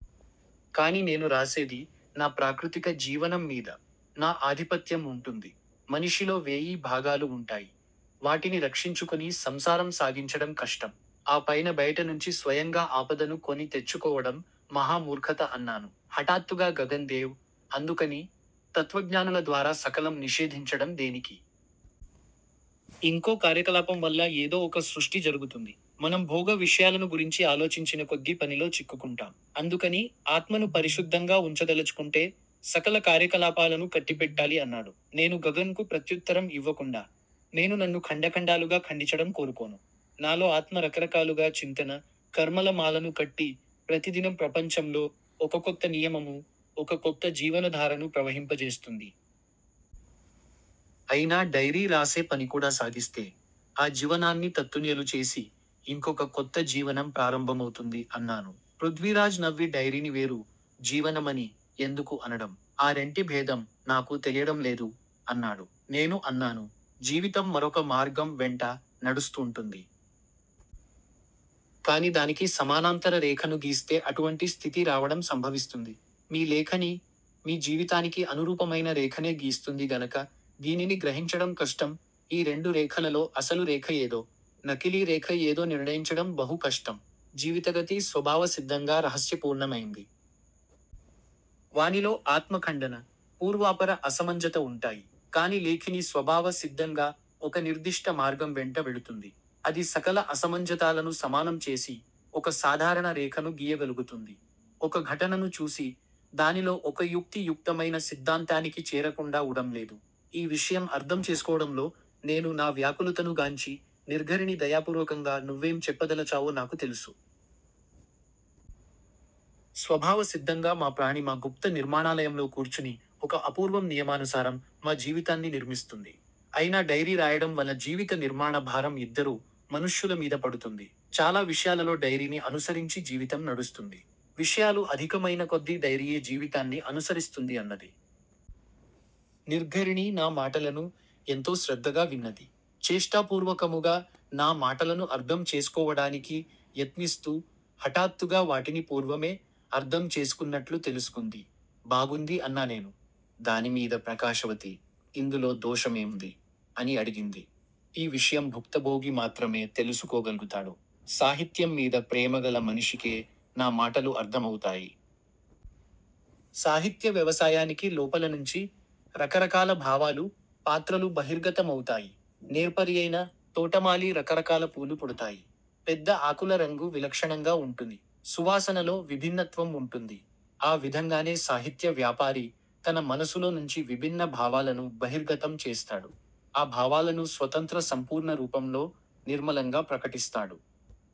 కాని నేను రాసేది నా ప్రాకృతిక జీవనం మీద. నా ఆధిపత్యం వుంటుంది. మనిషిలో వేయి భాగాలు వుంటాయి. వాటిని రక్షించుకుని సంసారం సాగించడం కష్టం. ఆ పైన బయట నుంచి స్వయంగా ఆపదను కొని తెచ్చుకోవడం మహా మూర్ఖత అన్నాను. హఠాత్తుగా గగన్ దేవ్, అందుకని తత్వజ్ఞానుల ద్వారా సకలం నిషేధించడం దేనికి! యింకో కార్యకలాపం వల్ల ఏదో ఒక సృష్టి జరుగుతుంది. మనం భోగ విషయాలను గురించి ఆలోచించినకొద్దీ పనిలో చిక్కుకుంటాం. అందుకని ఆత్మను పరిశుద్దంగా వుంచదలచుకుంటే సకల కార్యకలాపాలను కట్టిపెట్టాలి అన్నాడు. నేను గగన్ కు ప్రత్యుత్తరం ఇవ్వకుండా, నేను నన్ను ఖండఖండాలుగా ఖండిచడం కోరుకోను. నాలో ఆత్మ రకరకాలుగా చింతన, కర్మల మాలను కట్టి ప్రతిదినం ప్రపంచంలో ఒకకొత్త నియమము ఒక కొత్త జీవనధారను ప్రవహింపజేస్తుంది. అయినా డైరీ రాసే పనికూడా సాగిస్తే ఆ జీవనాన్ని తత్తునియలు చేసి యింకొక కొత్త జీవనం ప్రారంభమవుతుంది అన్నాను. పృద్వీరాజ్ నవ్వి డైరీని వేరు జీవనమని యెందుకు అనడం? ఆ రెంటి భేదం నాకూ తెలియడం లేదు అన్నాడు. నేను అన్నాను, జీవితం మరొక మార్గం వెంట నడుస్తూంటుంది. కాని దానికి సమానాంతర రేఖను గీస్తే అటువంటి స్థితి రావడం సంభవిస్తుంది. మీ లేఖని మీ జీవితానికి అనురూపమయిన రేఖనే గీస్తుంది గనక దీనిని గ్రహించడం కష్టం ఈ రెండు రేఖలలో అసలు రేఖ యేదో, నకిలీ రేఖ యేదో నిర్ణయించడం బహు కష్టం. జీవితగతి స్వబావ సిద్దంగా రహస్యపూర్ణమయింది. వానిలో ఆత్మఖండన, పూర్వాపర అసమంజత వుంటాయి. కాని లేఖిని స్వబావ సిద్దంగా ఒకనిర్దిష్ట మార్గం వెంట వెళుతుంది. అది సకల అసమంజతాలను సమానం చేసి ఒక సాధారణ రేఖను గీయగలుగుతుంది. ఒక ఘటనను చూసి దానిలో ఒకయుక్తి యుక్తమయిన సిద్దాంతానికి చేరకుండా వుడంలేదు. ఈ విషయం అర్దం చేసుకోవడంలో నేను నా వ్యాకులతను గాంచి నిర్ఘరిణి దయాపూర్వకంగా నువ్వేం చెప్పదలచావో నాకు తెలుసు. స్వభావ సిద్దంగా మా ప్రాణి మా గుప్త నిర్మాణాలయంలో కూర్చుని ఒక అపూర్వం నియమానుసారం మా జీవితాన్ని నిర్మిస్తుంది. అయినా డైరీ రాయడం వల్ల జీవిత నిర్మాణ భారం యిద్దరు మనుష్యుల మీద పడుతుంది. చాలా విషయాలలో డైరీని అనుసరించి జీవితం నడుస్తుంది. విషయాలు అధికమయినకొద్దీ డైరీయే జీవితాన్ని అనుసరిస్తుంది అన్నది. నిర్ఘరిణి నా మాటలను ఎంతో శ్రద్దగా విన్నది. చేష్టాపూర్వకముగా నా మాటలను అర్దం చేసుకోవడానికి యత్నిస్తూ హఠాత్తుగా వాటిని పూర్వమే అర్దం చేసుకున్నట్లు తెలుసుకుంది. బాగుంది అన్నానేను. దానిమీద ప్రకాశవతి, ఇందులో దోషమేముంది? అని అడిగింది. ఈ విషయం భుక్తభోగి మాత్రమే తెలుసుకోగల్గుతాడు. సాహిత్యం మీద ప్రేమగల మనిషికే నా మాటలు అర్దమవుతాయి. సాహిత్య వ్యవసాయానికి లోపలనుంచి రకరకాల భావాలు, పాత్రలు బహిర్గత మవుతాయి. నేర్పరియైన తోటమాలి రకరకాల పూలు పుడతాయి. పెద్ద ఆకుల రంగు విలక్షణంగా వుంటుంది. సువాసనలో విభిన్నత్వం వుంటుంది. ఆ విధంగానే సాహిత్య వ్యాపారి తన మనసులో నుంచి విబిన్న భావాలను బహిర్గతం చేస్తాడు. ఆ భావాలను స్వతంత్ర సంపూర్ణ రూపంలో నిర్మలంగా ప్రకటిస్తాడు.